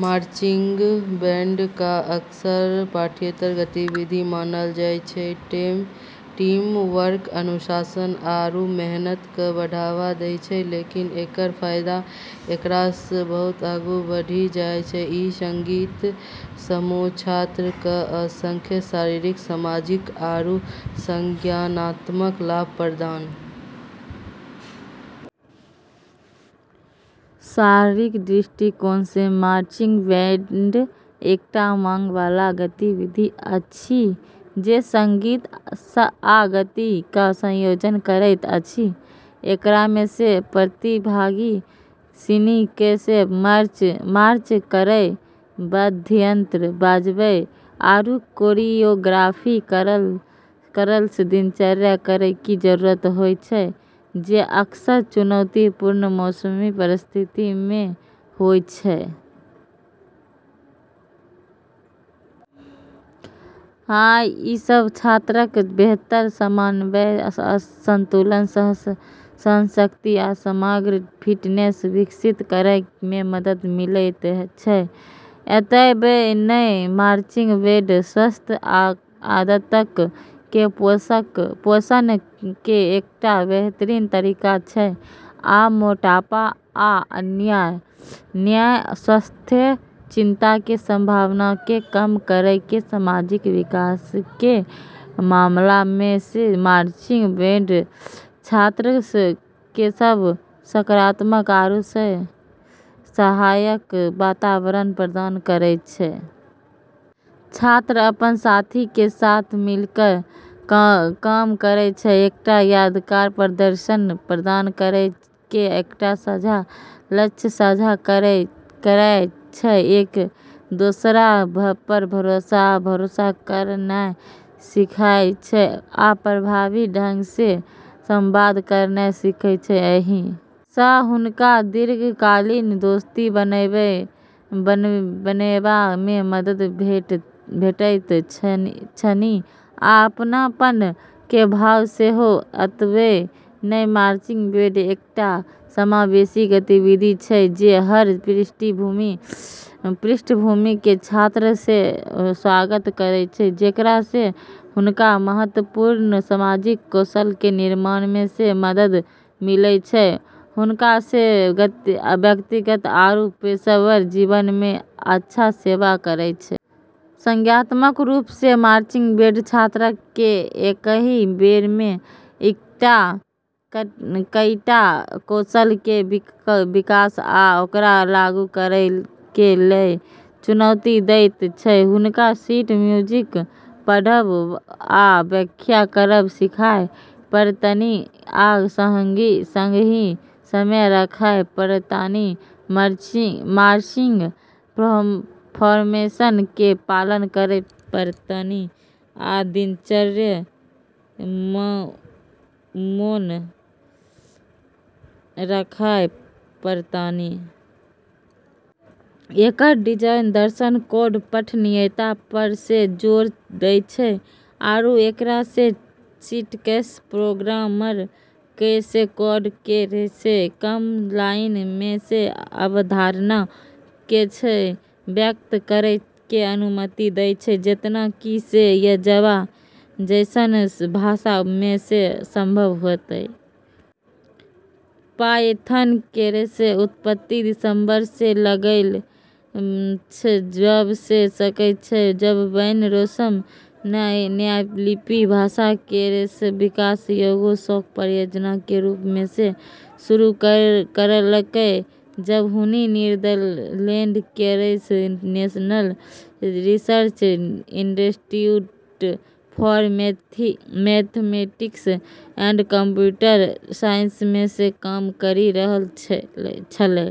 Marching band कऽ अक्सर पाठ्येतर गतिविधि मानलऽ जाय छै जे टीम वर्क, अनुशासन, आरू मेहनत कऽ बढ़ावा दै छै, लेकिन एकरऽ फायदा एकरा सऽ बहुत आगू बढ़ी जाय छै। ई संगीत समूह छात्रऽ कऽ असंख्य शारीरिक, सामाजिक, आरू संज्ञानात्मक लाभ प्रदान करै छै जे ओकरा साथ जीवन भर रहि सकै छै। शारीरिक दृष्टिकोण सऽ मार्चिंग बैंड एकटा मांग वाला गतिविधि अछि जे संगीत आ गति क संयोजन करैत अछि। एकरा मऽ प्रतिभागी सिनी कऽ मार्च करै, वाद्ययंत्र बजाबै आरू कोरियोग्राफी करलऽ दिनचर्या करै के जरूरत होय छै, जे अक्सर चुनौतीपूर्ण मौसमी परिस्थिति मऽ होय छै। अइ सं छात्रक बेहतर समन्वय, संतुलन, सहनशक्ति, आ समग्र फिटनेस विकसित करय मे मदद मिलयत छै। एतबे नै, मार्चिंग बैंड स्वस्थ आदतक के पोषण के एकटा बेहतरीन तरीका छै, आ मोटापा आ अन्य स्वास्थ्य चिंता के संभावना के कम करय के सामाजिक विकास के मामला मऽ मार्चिंग बैंड छात्रऽ कऽ सकारात्मक आरू सहायक वातावरण प्रदान करै छै। छात्र अपन साथी के साथ मिलक क काम करय छै, एकटा यादगार प्रदर्शन प्रदान करय के एकटा साझा लक्ष्य साझा करय छै। एक दोसरा पर भरोसा आ भरोसा करनाय सीखय छै, आ प्रभावी ढंग सऽ संवाद करनाय सीखय छै। एहि सऽ हुनका दीर्घकालीन दोस्ती बनेबा मे मदद भेटैत छनि, आ अपनपन के भाव सेहो एतबे नै, मार्चिंग बैंड एकटा समावेशी गतिविधि छै जे हर पृष्ठभूमि के छात्रऽ के स्वागत करै छै, जेकरा सऽ हुनका महत्वपूर्ण सामाजिक कौशल के निर्माण मऽ मदद मिलै छै जे हुनकऽ व्यक्तिगत आरू पेशेवर जीवन म॑ अच्छा सेवा करै छै। संज्ञानात्मक रूप सऽ मार्चिंग बैंड छात्रक कें एकहि बेर मे कईटा कौशल कें विकास आ ओकरा लागू करय के लेल चुनौती देयत छै ।हुनका शीट म्यूजिक पढ़ब आ व्याख्या करब सीखय पड़तनि आ संगहि समय राखय पड़तनि, मार्चिंग फॉर्मेशन के पालन करय पड़तनि, आ दिनचर्या मोन राखय पड़तनि। एकरऽ डिजाइन दर्शन कोड पठनीयता पऽ जोर दै छै, आरू एकरऽ सिंटैक्स प्रोग्रामर कऽ कोड केरऽ कम लाइन मऽ अवधारणा कऽ व्यक्त करै के अनुमति दै छै, जेतना कि सी या जावा जैसनऽ भाषा मऽ संभव होतै। पायथन केरऽ उत्पत्ति दिसंबर सऽ लगैलऽ जाबऽ सकै छै, जब वैन रोसम नऽ नया लिपि भाषा केरऽ विकास एगो शौक परियोजना के रूप मऽ शुरू करलकै, जब हुनी नीदरलैंड केरऽ National Research Institute for Mathematics and Computer Science मऽ काम करी रहलऽ छेलै।